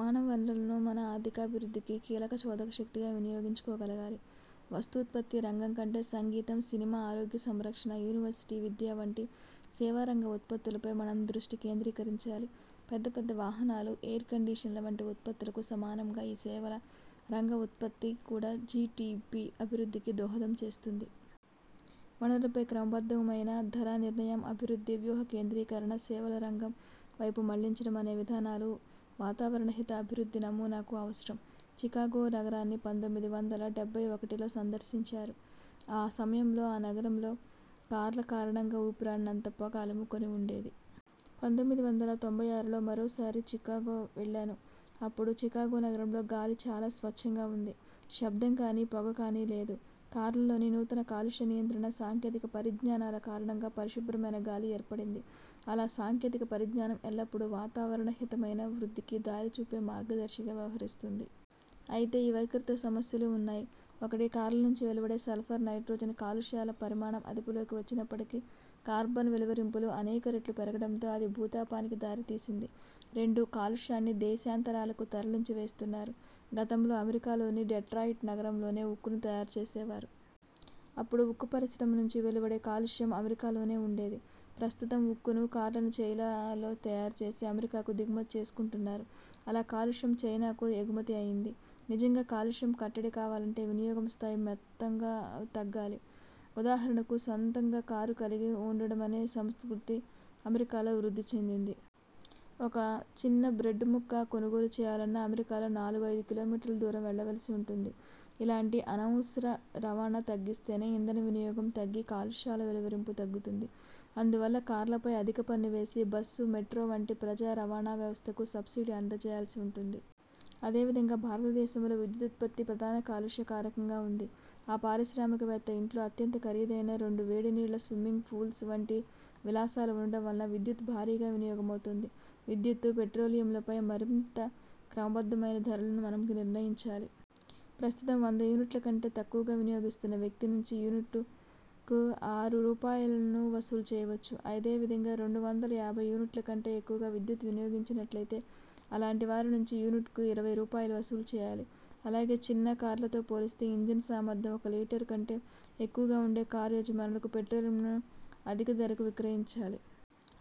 మానవ వనరులను మన ఆర్థికాభివృద్ధికి కీలక చోదక శక్తిగా వినియోగించుకోగలగాలి. వస్తూత్పత్తి రంగం కంటే సంగీతం, సినిమా, ఆరోగ్య సంరక్షణ, యూనివర్సిటీ విద్య వంటి సేవా రంగ ఉత్పత్తులపై మనం దృష్టి కేంద్రీకరించాలి. పెద్ద పెద్ద వాహనాలు, ఎయిర్ కండిషన్ల వంటి ఉత్పత్తులకు సమానంగా ఈ సేవల రంగ ఉత్పత్తి కూడా జీటిపీ అభివృద్ధికి దోహదం చేస్తుంది. వనరులపై క్రమబద్ధమైన ధర నిర్ణయం, అభివృద్ధి వ్యూహ కేంద్రీకరణ సేవల రంగం వైపు మళ్లించడం అనే విధానాలు వాతావరణహిత అభివృద్ధి నమూనాకు అవసరం. చికాగో నగరాన్ని పంతొమ్మిది వందల డెబ్బై ఒకటిలో సందర్శించారు. ఆ సమయంలో ఆ నగరంలో కార్ల కారణంగా ఊపిరాడనంత పొగ అలుముకొని ఉండేది. పంతొమ్మిది వందల తొంభై ఆరులో మరోసారి చికాగో వెళ్ళాను. అప్పుడు చికాగో నగరంలో గాలి చాలా స్వచ్ఛంగా ఉంది. శబ్దం కానీ, పొగ కానీ లేదు. కార్లలోని నూతన కాలుష్య నియంత్రణ సాంకేతిక పరిజ్ఞానాల కారణంగా పరిశుభ్రమైన గాలి ఏర్పడింది. అలా సాంకేతిక పరిజ్ఞానం ఎల్లప్పుడూ వాతావరణహితమైన వృద్ధికి దారిచూపే మార్గదర్శిగా వ్యవహరిస్తుంది. అయితే ఈ వైఖరితో సమస్యలూ ఉన్నాయి. ఒకటి, కార్ల నుంచి వెలువడే సల్ఫర్, నైట్రోజన్ కాలుష్యాల పరిమాణం అదుపులోకి వచ్చిన్నప్పటికీ, కార్బన్ వెలువరింపులు అనేక రెట్లు పెరగడంతో అది భూతాపానికి దారితీసింది. రెండు, కాలుష్యాన్ని దేశాంతరాలకు తరలించి వేస్తున్నారు. గతంలో అమెరికాలోని డెట్రాయిట్ నగరంలోనే ఉక్కును తయారు చేసేవారు. అప్పుడు ఉక్కు పరిశ్రమ నుంచి వెలువడే కాలుష్యం అమెరికాలోనే ఉండేది. ప్రస్తుతం ఉక్కును, కార్లను చైనాలో తయారు చేసి అమెరికాకు దిగుమతి చేసుకుంటున్నారు. అలా కాలుష్యం చైనాకు ఎగుమతి అయింది. నిజంగా కాలుష్యం కట్టడి కావాలంటే వినియోగం స్థాయి మెత్తంగా తగ్గాలి. ఉదాహరణకు, సొంతంగా కారు కలిగి ఉండడమనే సంస్కృతి అమెరికాలో వృద్ధి చెందింది. ఒక చిన్న బ్రెడ్డు ముక్క కొనుగోలు చేయాలన్నా అమెరికాలో నాలుగు, ఐదు కిలోమీటర్ల దూరం వెళ్ళవలసి ఉంటుంది. ఇలాంటి అనవసర రవాణా తగ్గిస్తేనే, ఇంధన వినియోగం తగ్గి కాలుష్యాల వెలువరింపు తగ్గుతుంది. అందువల్ల కార్ల పై అధిక పన్ను వేసి, బస్సు, మెట్రో వంటి ప్రజా రవాణా వ్యవస్థకు సబ్సిడీ అందజేయాల్సి ఉంటుంది. అదే విధంగా, భారత దేశంలో విద్యుదుత్పత్తి ప్రధాన కాలుష్య కారకంగా ఉంది. ఆ పారిశ్రామిక వేత్త ఇంట్లో అత్యంత ఖరీదైన రెండు వేడి నీళ్ళ స్విమ్మింగ్ పూల్స్ వంటి విలాసాలు ఉండడం వలన విద్యుత్తు భారీగా వినియోగమవుతోంది. విద్యుత్తు, పెట్రోలియంలపై మరింత క్రమబద్ధమైన ధరలను మనం నిర్ణయించాలి. ప్రస్తుతం, వంద యూనిట్ల కంటే తక్కువగా వినయోగిస్తున్న వ్యక్తి నుంచి యూనిట్కు ఆరు రూపాయలులను వసూలు చేయవచ్చు. అదే విధంగా రెండు వందల యాభై యూనిట్ల కంటే ఎక్కువగా విద్యుత్ను వినియోగించినట్లయితే అలాంటి వారి నుంచి యూనిట్కు ఇరవై రూపాయలు వసూలు చేయాలి. అలాగే, చిన్న కార్లతో పోలిస్తే, ఇంజన్ సామర్థ్యం ఒక లీటరు కంటే ఎక్కువగా ఉండే కారు యజమానులకు పెట్రోలియంను అధిక ధరకు విక్రయించాలి.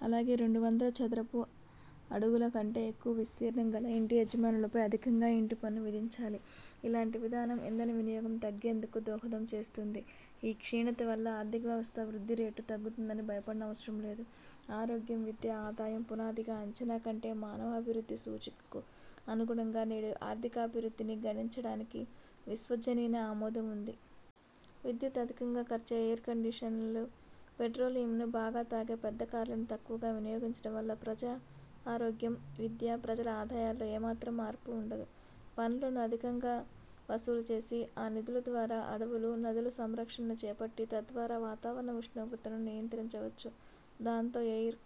అలాగే, రెండు వందల చదరపు అడుగుల కంటే ఎక్కువ విస్తీర్ణంగల ఇంటి యజమానులపై అధికంగా ఇంటి పన్ను విధించాలి ఇలాంటి విధానం ఇంధన వినియోగం తగ్గేందుకు దోహదం చేస్తుంది. ఈ క్షీణత వల్ల ఆర్థికవ్యవస్థ వృద్ధి రేటు తగ్గుతుందని భయపడనవసరం లేదు. ఆరోగ్యం, విద్య, ఆదాయం పునాదిగా అంచనా కట్టే మానవాభివృద్ధి సూచికకు అనుగుణంగా నేడు ఆర్థికాభివృద్ధిని గణించడానికి విశ్వజనీన ఆమోదం ఉంది. విద్యుత్తు అధికంగా ఖర్చయ్యే ఎయిర్ కండిషన్లు, పెట్రోలియంను బాగా తాగే పెద్ద కార్లను తక్కువగా వినియోగించడం వల్ల ప్రజా ఆరోగ్యం, విద్య, ప్రజల ఆదాయాల్లో ఏ మాత్రం మార్పూ ఉండదు. పన్నులను అధికంగా వసూలు చేసి, ఆ నిధుల ద్వారా అడవులు, నదుల సంరక్షణను చేపట్టి, తద్వారా వాతావరణ ఉష్ణోగ్రతను నియంత్రించవచ్చు. దాంతో ఎయిర్